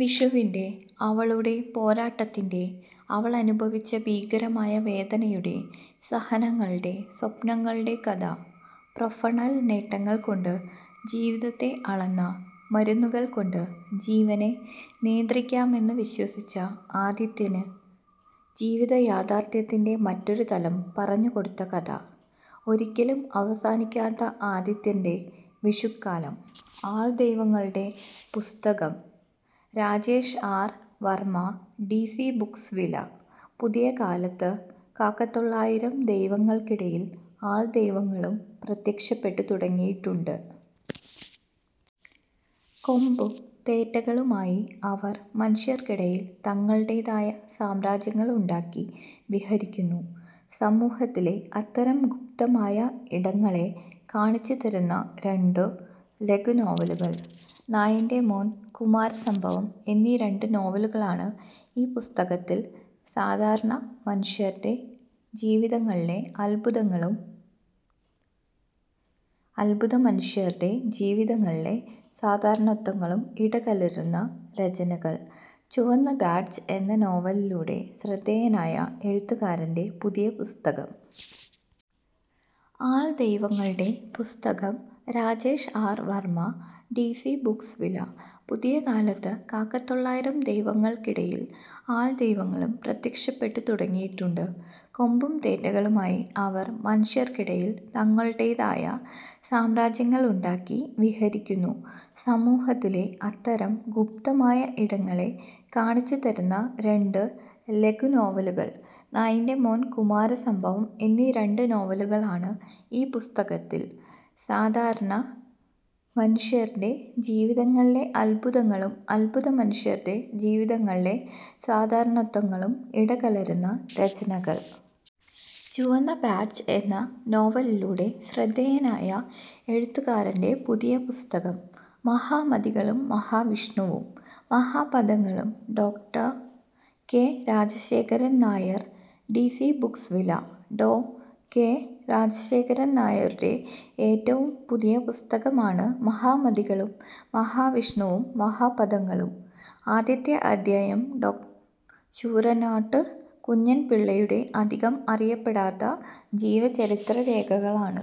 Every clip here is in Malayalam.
വിഷുവിന്റെ... അവളുടെ പോരാട്ടത്തിന്റെ... അവളനുഭവിച്ച ഭീകരമായ വേദനയുടെ... സഹനങ്ങളുടെ... സ്വപ്നങ്ങളുടെ കഥ. പ്രൊഫണൽ നേട്ടങ്ങൾകൊണ്ട് ജീവിതത്തെ അളന്ന, മരുന്നുകൾകൊണ്ട് ജീവനെ നിയന്ത്രിക്കാമെന്ന് വിശ്വസിച്ച ആദിത്യന് ജീവിതയാഥാർഥ്യത്തിന്റെ മറ്റൊരുതലം പറഞ്ഞുകൊടുത്ത കഥ. ഒരിക്കലും അവസാനിക്കാത്ത ആദിത്യന്റെ 'വിഷു'ക്കാലം. ആൾ ദൈവങ്ങളുടെ പുസ്തകം Rajesh R. Varma D C books വില: പുതിയ കാലത്ത് കാക്കത്തൊള്ളായിരം ദൈവങ്ങൾക്കിടയിൽ ആൾദൈവങ്ങളും പ്രത്യക്ഷപ്പെട്ടു തുടങ്ങിയിട്ടുണ്ട്. കൊമ്പും തേറ്റകളുമായി അവർ മനുഷ്യർക്കിടയിൽ തങ്ങളുടേതായ സാമ്രാജ്യങ്ങളുണ്ടാക്കി വിഹരിക്കുന്നു. സമൂഹത്തിലെ അത്തരം ഗുപ്തമായ ഇടങ്ങളെ കാണിച്ചുതരുന്ന രണ്ടു ലഘുനോവലുകൾ. നായിന്റെ മോൻ, കുമാരസംഭവം എന്നീ രണ്ടു നോവലുകളാണ് ഈ പുസ്തകത്തിൽ സാധാരണ മനുഷ്യരുടെ ജീവിതങ്ങളിലെ അദ്ഭുതങ്ങളും അദ്ഭുതമനുഷ്യരുടെ ജീവിതങ്ങളിലെ സാധാരണത്വങ്ങളും ഇടകലരുന്ന രചനകൾ. ചുവന്ന ബാഡ്ജ് എന്ന നോവലിലൂടെ ശ്രദ്ധേയനായ എഴുത്തുകാരന്റെ പുതിയ പുസ്തകം. ആൾ ദൈവങ്ങളുടെ പുസ്തകം Rajesh R. Varma D C books വില: പുതിയ കാലത്ത് കാക്കത്തൊള്ളായിരം ദൈവങ്ങൾക്കിടയിൽ ആൾദൈവങ്ങളും പ്രത്യക്ഷപ്പെട്ടു തുടങ്ങിയിട്ടുണ്ട്. കൊമ്പും തേറ്റകളുമായി അവർ മനുഷ്യർക്കിടയിൽ തങ്ങളുടേതായ സാമ്രാജ്യങ്ങളുണ്ടാക്കി വിഹരിക്കുന്നു. സമൂഹത്തിലെ അത്തരം ഗുപ്തമായ ഇടങ്ങളെ കാണിച്ചുതരുന്ന രണ്ടു ലഘുനോവലുകൾ. നായിന്റെ മോൻ, കുമാരസംഭവം എന്നീ രണ്ടു നോവലുകളാണ് ഈ പുസ്തകത്തിൽ സാധാരണ മനുഷ്യരുടെ ജീവിതങ്ങളിലെ അദ്ഭുതങ്ങളും അദ്ഭുതമനുഷ്യരുടെ ജീവിതങ്ങളിലെ സാധാരണത്വങ്ങളും ഇടകലരുന്ന രചനകൾ. ചുവന്ന ബാഡ്ജ് എന്ന നോവലിലൂടെ ശ്രദ്ധേയനായ എഴുത്തുകാരന്റെ പുതിയ പുസ്തകം. മഹാമതികളും മഹാവിഷ്ണുവും മഹാപഥങ്ങളും ഡോ. K. Rajasekharan Nair D C books വില: ഡോ. കെ. രാജശേഖരൻ നായരുടെ ഏറ്റവും പുതിയ പുസ്തകമാണ് 'മഹാമതികളും മഹാവിഷ്ണുവും മഹാപഥങ്ങളും'. ആദ്യത്തെ അധ്യായം ഡോ. ശൂരനാട്ടു കുഞ്ഞൻപിള്ളയുടെ അധികം അറിയപ്പെടാത്ത ജീവചരിത്രരേഖകളാണ്.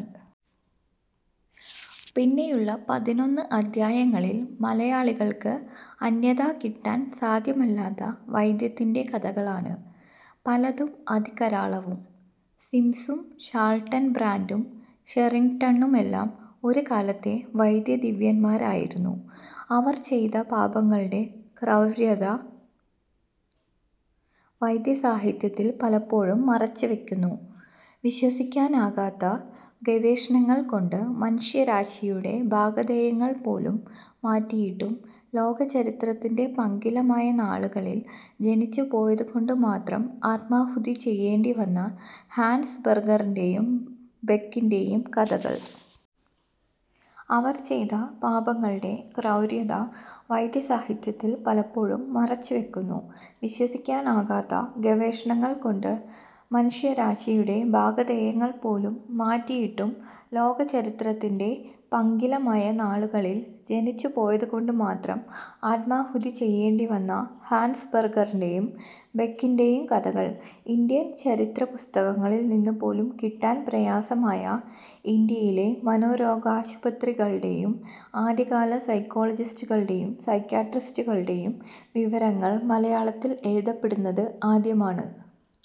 പിന്നെയുള്ള പതിനൊന്ന് അധ്യായങ്ങളിൽ മലയാളികൾക്ക് അന്യഥാ കിട്ടാൻ സാധ്യമല്ലാത്ത വൈദ്യത്തിന്റെ കഥകളാണ്. പലതും അതികരാളവും. സിംസും ഷാൽട്ടൻബ്രാൻഡും ഷെറിങ്ടണുമെല്ലാം ഒരുകാലത്തെ വൈദ്യദിവ്യന്മാരായിരുന്നു. അവർ ചെയ്ത പാപങ്ങളുടെ ക്രൗര്യത വൈദ്യസാഹിത്യത്തിൽ പലപ്പോഴും മറച്ചുവെക്കുന്നു. വിശ്വസിക്കാനാകാത്ത ഗവേഷണങ്ങൾകൊണ്ട് മനുഷ്യരാശിയുടെ ഭാഗധേയങ്ങൾപോലും മാറ്റിയിട്ടും ലോകചരിത്രത്തിന്റെ പങ്കിലമായ നാളുകളിൽ ജനിച്ചുപോയതുകൊണ്ടുമാത്രം ആത്മാഹുതി ചെയ്യേണ്ടിവന്ന ഹാൻസ് ബെർഗറിന്റെയും ബെക്കിന്റെയും കഥകൾ. അവർ ചെയ്ത പാപങ്ങളുടെ ക്രൗര്യത വൈദ്യസാഹിത്യത്തിൽ പലപ്പോഴും മറച്ചുവെക്കുന്നു. വിശ്വസിക്കാനാകാത്ത ഗവേഷണങ്ങൾകൊണ്ട് മനുഷ്യരാശിയുടെ ഭാഗധേയങ്ങൾപോലും മാറ്റിയിട്ടും ലോകചരിത്രത്തിന്റെ പങ്കിലമായ നാളുകളിൽ ജനിച്ചുപോയതുകൊണ്ടുമാത്രം ആത്മാഹുതി ചെയ്യേണ്ടിവന്ന ഹാൻസ് ബെർഗറിന്റെയും ബെക്കിന്റെയും കഥകൾ. ഇന്ത്യൻ ചരിത്രപുസ്തകങ്ങളിൽ നിന്നു പോലും കിട്ടാൻ പ്രയാസമായ ഇന്ത്യയിലെ മനോരോഗാശുപത്രികളുടെയും ആദ്യകാല സൈക്കോളജിസ്റ്റുകളുടെയും സൈക്യാട്രിസ്റ്റുകളുടെയും വിവരങ്ങൾ മലയാളത്തിൽ എഴുതപ്പെടുന്നത് ആദ്യമാണ്.